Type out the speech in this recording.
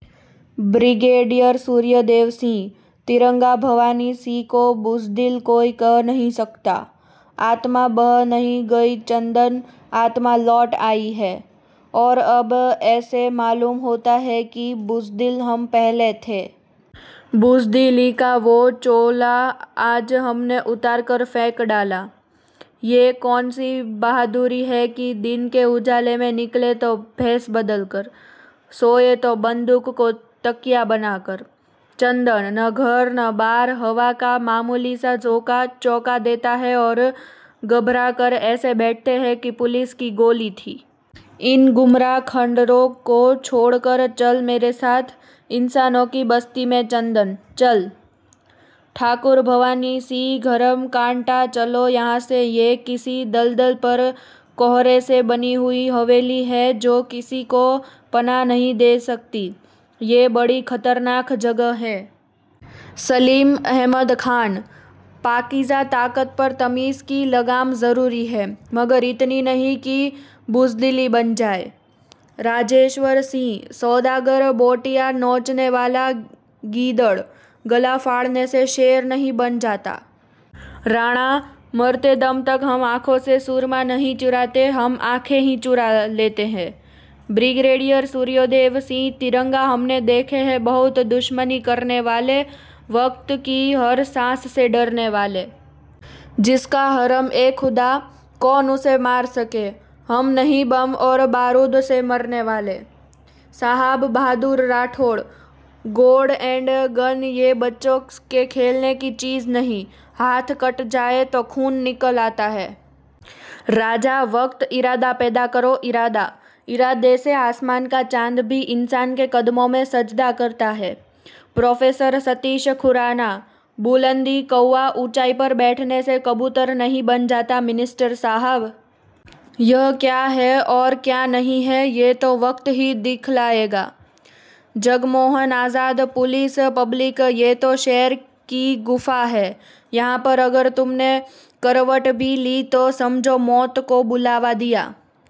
– Brigadier સૂર્યદેવ સિંહ, તિરંગા ભવાની સિંહ કો બુઝદિલ કોઈ કહ નહીં સકતા! આત્મા બહ નહીં ગઈ ચંદન, આત્મા લૌટ આઈ હૈ. ઔર અબ ઐસે માલૂમ હોતા હૈ કિ બુઝદિલ હમ પહેલે થે. બુઝદિલી કા વો ચોલા આજ હમને ઉતારકર ફેંક ડાલા. યે કૌન સી બહાદુરી હૈ કિ દિન કે ઉજાલે મેં નિકલે તો ભેસ બદલ કર. સોઓ તો બંદૂક કો તકિયા બના કર. ચંદન, ન ઘર ન બાર, હવા કા મામૂલી સા ઝોકા ચૌકા દેતા હે ઔર ગભરાકર ઐસે બૈઠતે હૈ કી પુલિસ કી ગોલી થી. ઇન ગુમરાહ ખંડરો કો છોડકર ચલ મેરે સાથ, ઇંસાનો કી બસ્તી મેં ચંદન, ચલ. – ઠાકુર ભવાની સિંહ, ધરમ કાંટા ચલો યહાં સે યે કિસી દલદલ પર કોહરે સે બની હુઈ હવેલી હૈ જો કિસી કો પનાહ નહીં દે સકતી, યે બડી ખતરનાક જગહ હૈ. – સલીમ અહમદ ખાન, પાકીઝા તાકત પર તમીઝ કી લગામ ઝરુરી હૈ, મગર ઇતની નહીં કિ બુઝદિલી બન જાએ. – રાજેશ્વર સિંહ, સૌદાગર બોટિયાં નોચને વાલા ગિદડ, ગલા ફાડને સે શેર નહીં બન જાતા. – રાણા, મરતે દમ તક હમ આંખો સે સુરમા નહીં ચુરાતે, હમ આંખે હી ચુરા લેતે હૈ. – બ્રિગેડિયર સૂર્યદેવ સિંહ, તિરંગા હમને દેખે હૈ બહુત દુશ્મની કરને વાલે, વક્ત કી હર સાંસ સે ડરને વાલે. જિસકા હરમ-એ-ખુદા, કૌન ઉસે માર સકે, હમ નહીં બમ ઔર બારુદ સે મરને વાલે. – Sahab Bahadur Rathod, God and Gun યે બચ્ચો કે ખેલને કી ચીઝ નહીં, હાથ કટ જાયે તો ખૂન નિકલ આતા હૈ. – રાજા, વક્ત ઇરાદા પૈદા કરો ઈરાદા, ઇરાદે સે આસમાન કા ચાંદ ભી ઇંસાન કે કદમો મેં સજદા કરતા હૈ. – પ્રોફેસર સતીશ ખુરાના, બુલંદી કૌવા ઊંચાઈ પર બૈઠને સે કબૂતર નહીં બન જાતા મિનિસ્ટર સાહબ! યહ ક્યા હૈ ઔર ક્યા નહીં હૈ, યહ તો વક્ત હી દિખલાએગા. – જગમોહન આઝાદ, પુલિસ પબ્લિક યે તો શેર કી ગુફા હૈ. યહાં પર અગર તુમને કરવટ ભી લી તો સમજો મૌત કો બુલાવા દિયા.